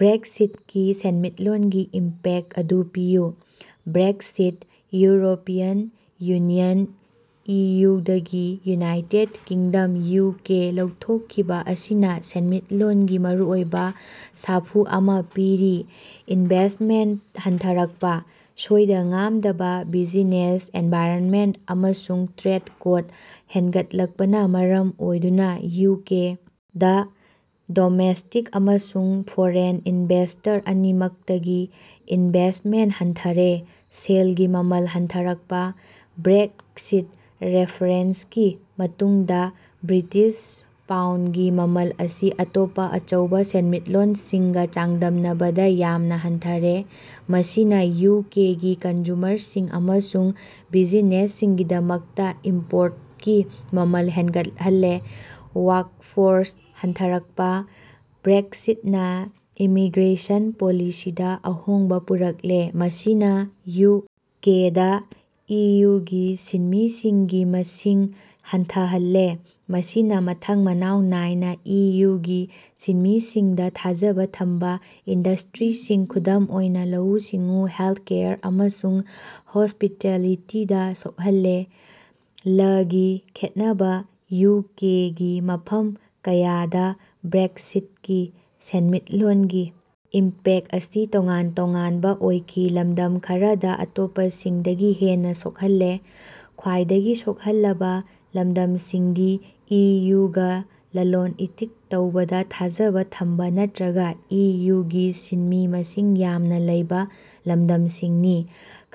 ꯕ꯭ꯔꯦꯛꯁꯤꯠꯀꯤ ꯁꯦꯟꯃꯤꯠꯂꯣꯟꯒꯤ ꯏꯝꯄꯦꯛꯇ ꯑꯗꯨ ꯄꯤꯌꯨ꯫ ꯕ꯭ꯔꯦꯛꯁꯤꯠ, ꯌꯨꯔꯣꯄꯤꯌꯟ ꯌꯨꯅꯤꯌꯟ (ꯏꯌꯨ)ꯗꯒꯤ ꯌꯨꯅꯥꯏꯇꯦꯗ ꯀꯤꯡꯗꯝ (ꯌꯨ. ꯀꯦ.) ꯂꯧꯊꯣꯛꯈꯤꯕꯥ ꯑꯁꯤꯅꯥ ꯁꯦꯟꯃꯤꯠꯂꯣꯟꯒꯤ ꯃꯔꯨꯑꯣꯏꯕꯥ ꯁꯥꯐꯨ ꯑꯃꯥ ꯄꯤꯔꯤ꯫ ꯏꯟꯚꯦꯁ꯭ꯇꯃꯦꯟꯇ ꯍꯟꯊꯔꯛꯄꯥ: ꯁꯣꯏꯗ-ꯉꯥꯝꯗꯕ ꯕꯤꯖꯤꯅꯦꯁ ꯑꯦꯟꯚꯥꯏꯔꯟꯃꯦꯟꯇ ꯑꯃꯁꯨꯡ ꯇ꯭ꯔꯦꯗ ꯀꯣꯠ ꯍꯦꯟꯒꯠꯂꯛꯄꯅꯥ ꯃꯔꯝ ꯑꯣꯏꯗꯨꯅꯥ ꯌꯨ. ꯀꯦ. ꯗꯥ ꯗꯣꯃꯦꯁ꯭ꯇꯤꯛ ꯑꯃꯁꯨꯡ ꯐꯣꯔꯦꯟ ꯏꯟꯚꯦꯁ꯭ꯇꯔ ꯑꯅꯤꯃꯛꯇꯒꯤ ꯏꯟꯚꯦꯁ꯭ꯇꯃꯦꯟꯇ ꯍꯟꯊꯔꯦ꯫ ꯁꯦꯜꯒꯤ ꯃꯃꯜ ꯍꯟꯊꯔꯛꯄꯥ: ꯕ꯭ꯔꯦꯛꯁꯤꯠ ꯔꯦꯐꯔꯦꯟꯁꯀꯤ ꯃꯇꯨꯡꯗꯥ ꯕ꯭ꯔꯤꯇꯤꯁ ꯄꯥꯎꯟꯗꯒꯤ ꯃꯃꯜ ꯑꯁꯤ ꯑꯇꯣꯞꯄꯥ ꯑꯆꯧꯕꯥ ꯁꯦꯟꯃꯤꯠꯂꯣꯟꯁꯤꯡꯒꯥ ꯆꯥꯡꯗꯝꯅꯕꯗꯥ ꯌꯥꯝꯅꯥ ꯍꯟꯊꯔꯦ, ꯃꯁꯤꯅꯥ ꯌꯨ. ꯀꯦ. ꯒꯤ ꯀꯟꯖꯨꯃꯔꯁꯤꯡ ꯑꯃꯁꯨꯡ ꯕꯤꯖꯤꯅꯦꯁꯁꯤꯡꯒꯤꯗꯃꯛꯇꯥ ꯏꯝꯄꯣꯔꯇꯀꯤ ꯃꯃꯜ ꯍꯦꯟꯒꯠꯍꯜꯂꯦ꯫ ꯋꯥꯔꯀꯐꯣꯔꯁ ꯍꯟꯊꯔꯛꯄꯥ: ꯕ꯭ꯔꯦꯛꯁꯤꯠꯅꯥ ꯏꯃꯤꯒ꯭ꯔꯦꯁꯟ ꯄꯣꯂꯤꯁꯤꯗꯥ ꯑꯍꯣꯡꯕꯥ ꯄꯨꯔꯛꯂꯦ, ꯃꯁꯤꯅꯥ ꯌꯨ. ꯀꯦ. ꯗꯥ ꯏꯌꯨꯒꯤ ꯁꯤꯟꯃꯤꯁꯤꯡꯒꯤ ꯃꯁꯤꯡ ꯍꯟꯊꯍꯜꯂꯦ꯫ ꯃꯁꯤꯅꯥ ꯃꯊꯪ ꯃꯅꯥꯎ ꯅꯥꯏꯅꯥ ꯏ. ꯌꯨ. ꯒꯤ ꯁꯤꯟꯃꯤꯁꯤꯡꯗꯥ ꯊꯥꯖꯕꯥ ꯊꯝꯕꯥ ꯏꯟꯗꯁ꯭ꯇꯔꯤꯁꯤꯡ, ꯈꯨꯗꯝ ꯑꯣꯏꯅꯥ ꯂꯧꯎ-ꯁꯤꯡꯎ, ꯍꯦꯜꯊꯀꯦꯌꯔ, ꯑꯃꯁꯨꯡ ꯍꯣꯁ꯭ꯄꯤꯇꯥꯂꯤꯇꯤꯗꯥ ꯁꯣꯛꯍꯜꯂꯦ꯫ ꯂꯒꯤ ꯈꯦꯠꯅꯕꯥ: ꯌꯨ. ꯀꯦ. ꯒꯤ ꯃꯐꯝ ꯀꯌꯥꯗꯥ ꯕ꯭ꯔꯦꯛꯁꯤꯠꯀꯤ ꯁꯦꯟꯃꯤꯠꯂꯣꯟꯒꯤ ꯏꯝꯄꯦꯛꯇ ꯑꯁꯤ ꯇꯣꯉꯥꯟ ꯇꯣꯉꯥꯟꯕꯥ ꯑꯣꯏꯈꯤ, ꯂꯝꯗꯝ ꯈꯔꯗꯥ ꯑꯇꯣꯞꯄꯁꯤꯡꯗꯒꯤ ꯍꯦꯟꯅꯥ ꯁꯣꯛꯍꯜꯂꯦ꯫ ꯈ꯭ꯋꯥꯏꯗꯒꯤ ꯁꯣꯛꯍꯜꯂꯕꯥ ꯂꯝꯗꯝꯁꯤꯡꯗꯤ ꯏꯌꯨꯒꯥ ꯂꯂꯣꯟ-ꯏꯇꯤꯛ ꯇꯧꯕꯗꯥ ꯊꯥꯖꯕꯥ ꯊꯝꯕꯥ ꯅꯠꯇ꯭ꯔꯒꯥ ꯏꯌꯨꯒꯤ ꯁꯤꯟꯃꯤ ꯃꯁꯤꯡ ꯌꯥꯝꯅꯥ ꯂꯩꯕꯥ ꯂꯝꯗꯝꯁꯤꯡꯅꯤ꯫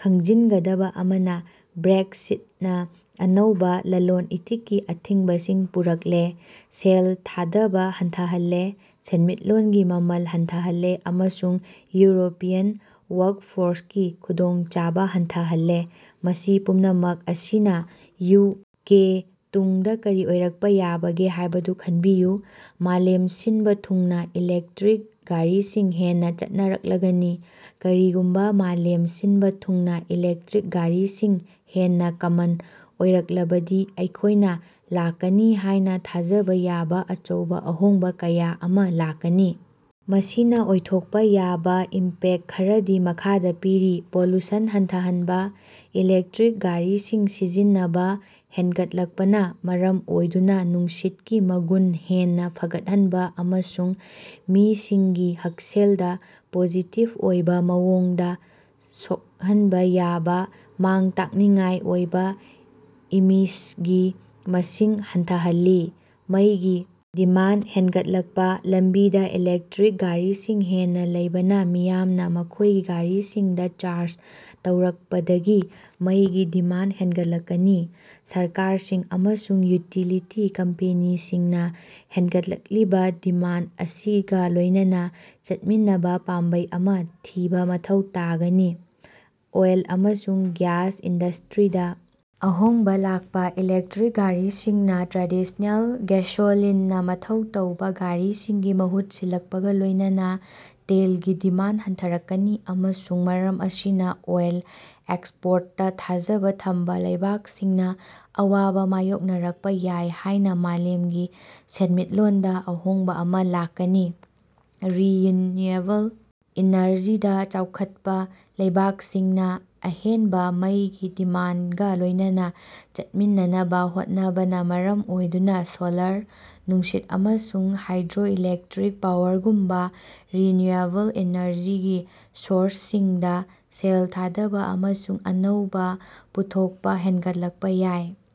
ꯈꯪꯖꯤꯟꯒꯗꯕꯥ ꯑꯃꯅꯥ, ꯕ꯭ꯔꯦꯛꯁꯤꯠꯅꯥ ꯑꯅꯧꯕꯥ ꯂꯂꯣꯟ-ꯏꯇꯤꯛꯀꯤ ꯑꯊꯤꯡꯕꯁꯤꯡ ꯄꯨꯔꯛꯂꯦ, ꯁꯦꯜ ꯊꯥꯗꯕꯥ ꯍꯟꯊꯍꯜꯂꯦ, ꯁꯦꯟꯃꯤꯠꯂꯣꯟꯒꯤ ꯃꯃꯜ ꯍꯟꯊꯍꯜꯂꯦ, ꯑꯃꯁꯨꯡ ꯌꯨꯔꯣꯄꯤꯌꯟ ꯋꯥꯔꯛꯐꯣꯔꯁꯀꯤ ꯈꯨꯗꯣꯡꯆꯥꯕꯥ ꯍꯟꯊꯍꯜꯂꯦ, ꯃꯁꯤ ꯄꯨꯝꯅꯃꯛ ꯑꯁꯤꯅꯥ ꯌꯨ. ꯀꯦ. ꯇꯨꯡꯗꯥ ꯀꯔꯤ ꯑꯣꯏꯔꯛꯄꯥ ꯌꯥꯕꯒꯦ ꯍꯥꯏꯕꯗꯨ ꯈꯟꯕꯤꯌꯨ? ꯃꯥꯂꯦꯝ ꯁꯤꯟꯕꯥ ꯊꯨꯡꯅꯥ ꯏꯂꯦꯛꯇꯔꯤꯛ ꯒꯥꯔꯤꯁꯤꯡ ꯍꯦꯟꯅꯥ ꯆꯠꯅꯔꯛꯂꯒꯅꯤ꯫ ꯀꯔꯤꯒꯨꯝꯕꯥ ꯃꯥꯂꯦꯝ ꯁꯤꯟꯕꯥ ꯊꯨꯡꯅꯥ ꯏꯂꯦꯛꯇꯔꯤꯛ ꯒꯥꯔꯤꯁꯤꯡ ꯍꯦꯟꯅꯥ ꯀꯃꯟ ꯑꯣꯏꯔꯛꯂꯕꯗꯤ ꯑꯩꯈꯣꯏꯅꯥ ꯂꯥꯛꯀꯅꯤ ꯍꯥꯏꯅꯥ ꯊꯥꯖꯕꯥ ꯌꯥꯕꯥ ꯑꯆꯧꯕꯥ ꯑꯍꯣꯡꯕꯥ ꯀꯌꯥ ꯑꯃꯥ ꯂꯥꯛꯀꯅꯤ꯫ ꯃꯁꯤꯅ ꯑꯣꯏꯊꯣꯛꯄꯥ ꯌꯥꯕꯥ ꯏꯝꯄꯦꯛꯇ ꯈꯔꯗꯤ ꯃꯈꯥꯗꯥ ꯄꯤꯔꯤ: ꯄꯣꯂꯨꯁꯟ ꯍꯟꯊꯍꯟꯕꯥ: ꯏꯂꯦꯛꯇꯔꯤꯛ ꯒꯥꯔꯤꯁꯤꯡ ꯁꯤꯖꯤꯟꯅꯕꯥ ꯍꯦꯟꯒꯠꯂꯛꯄꯅꯥ ꯃꯔꯝ ꯑꯣꯏꯗꯨꯅꯥ ꯅꯨꯡꯁꯤꯠꯀꯤ ꯃꯒꯨꯟ ꯍꯦꯟꯅꯥ ꯐꯒꯠꯍꯟꯕꯥ ꯑꯃꯁꯨꯡ ꯃꯤꯁꯤꯡꯒꯤ ꯍꯛꯁꯦꯜꯗꯥ ꯄꯣꯖꯤꯇꯤꯚ ꯑꯣꯏꯕꯥ ꯃꯑꯣꯡꯗꯥ ꯁꯣꯛꯍꯟꯕꯥ ꯌꯥꯕꯥ ꯃꯥꯡ-ꯇꯥꯛꯅꯤꯡꯉꯥꯏ ꯑꯣꯏꯕꯥ ꯏꯃꯤꯁꯒꯤ ꯃꯁꯤꯡ ꯍꯟꯊꯍꯜꯅꯤ꯫ ꯃꯩꯒꯤ ꯗꯤꯃꯥꯟꯗ ꯍꯦꯟꯒꯠꯂꯛꯄꯥ: ꯂꯝꯕꯤꯗꯥ ꯏꯂꯦꯛꯇꯔꯤꯛ ꯒꯥꯔꯤꯁꯤꯡ ꯍꯦꯟꯅꯥ ꯂꯩꯕꯅꯥ ꯃꯤꯌꯥꯝꯅꯥ ꯃꯈꯣꯏꯒꯤ ꯒꯥꯔꯤꯁꯤꯡꯗꯥ ꯆꯥꯔꯖ ꯇꯧꯔꯛꯄꯗꯒꯤ ꯃꯩꯒꯤ ꯗꯤꯃꯥꯟꯗ ꯍꯦꯟꯒꯠꯂꯛꯀꯅꯤ꯫ ꯁꯔꯀꯥꯔꯁꯤꯡ ꯑꯃꯁꯨꯡ ꯌꯨꯇꯤꯂꯤꯇꯤ ꯀꯝꯄꯦꯅꯤꯁꯤꯡꯅꯥ ꯍꯦꯟꯒꯠꯂꯛꯂꯤꯕꯥ ꯗꯤꯃꯥꯟꯗ ꯑꯁꯤꯒꯥ ꯂꯣꯏꯅꯅꯥ ꯆꯠꯃꯤꯟꯅꯕꯥ ꯄꯥꯝꯕꯩ ꯑꯃꯥ ꯊꯤꯕꯥ ꯃꯊꯧ ꯇꯥꯒꯅꯤ꯫ ꯑꯣꯏꯜ ꯑꯃꯁꯨꯡ ꯒ꯭ꯌꯥꯁ ꯏꯟꯗꯁ꯭ꯇꯔꯤꯗꯥ ꯑꯍꯣꯡꯕꯥ ꯂꯥꯛꯄꯥ: ꯏꯂꯦꯛꯇꯔꯤꯛ ꯒꯥꯔꯤꯁꯤꯡꯅꯥ ꯇ꯭ꯔꯦꯗꯤꯁ꯭ꯅꯦꯜ ꯒꯦꯁꯣꯂꯤꯟꯅꯥ ꯃꯊꯧ ꯇꯧꯕꯥ ꯒꯥꯔꯤꯁꯤꯡꯒꯤ ꯃꯍꯨꯠ ꯁꯤꯜꯂꯛꯄꯒꯥ ꯂꯣꯏꯅꯅꯥ ꯇꯦꯜꯒꯤ ꯗꯤꯃꯥꯟꯗ ꯍꯟꯊꯔꯛꯀꯅꯤ ꯑꯃꯁꯨꯡ ꯃꯔꯝ ꯑꯁꯤꯅꯥ ꯑꯣꯏꯜ ꯑꯦꯛꯁꯄꯣꯔꯇꯇꯥ ꯊꯥꯖꯕꯥ ꯊꯝꯕꯥ ꯂꯩꯕꯥꯛꯁꯤꯡꯅꯥ ꯑꯋꯥꯕꯥ ꯃꯥꯌꯣꯛꯅꯔꯛꯄꯥ ꯌꯥꯏ ꯍꯥꯏꯅꯥ ꯃꯥꯂꯦꯝꯒꯤ ꯁꯦꯟꯃꯤꯠꯂꯣꯟꯗꯥ ꯑꯍꯣꯡꯕꯥ ꯑꯃꯥ ꯂꯥꯛꯀꯅꯤ꯫ ꯔꯤꯟꯅꯌꯨꯑꯦꯕꯜ ꯏꯅꯔꯖꯤꯗꯥ ꯆꯥꯎꯈꯠꯄꯥ: ꯂꯩꯕꯥꯛꯁꯤꯡꯅꯥ ꯑꯍꯦꯟꯕꯥ ꯃꯩꯒꯤ ꯗꯤꯃꯥꯟꯗꯒꯥ ꯂꯣꯏꯅꯅꯥ ꯆꯠꯃꯤꯟꯅꯅꯕꯥ ꯍꯣꯠꯅꯕꯅꯥ ꯃꯔꯝ ꯑꯣꯏꯗꯨꯅꯥ ꯁꯣꯂꯥꯔ, ꯅꯨꯡꯁꯤꯠ, ꯑꯃꯁꯨꯡ ꯍꯥꯏꯗ꯭ꯔꯣꯏꯂꯦꯛꯇꯔꯤꯛ ꯄꯥꯋꯔꯒꯨꯝꯕꯥ ꯔꯤꯟꯅꯌꯨꯑꯦꯕꯜ ꯏꯅꯔꯖꯤꯒꯤ ꯁꯣꯔꯁꯁꯤꯡꯗꯥ ꯁꯦꯜ ꯊꯥꯗꯕꯥ ꯑꯃꯁꯨꯡ ꯑꯅꯧꯕꯥ ꯄꯨꯊꯣꯛꯄꯥ ꯍꯦꯟꯒꯠꯂꯛꯄꯥ ꯌꯥꯏ꯫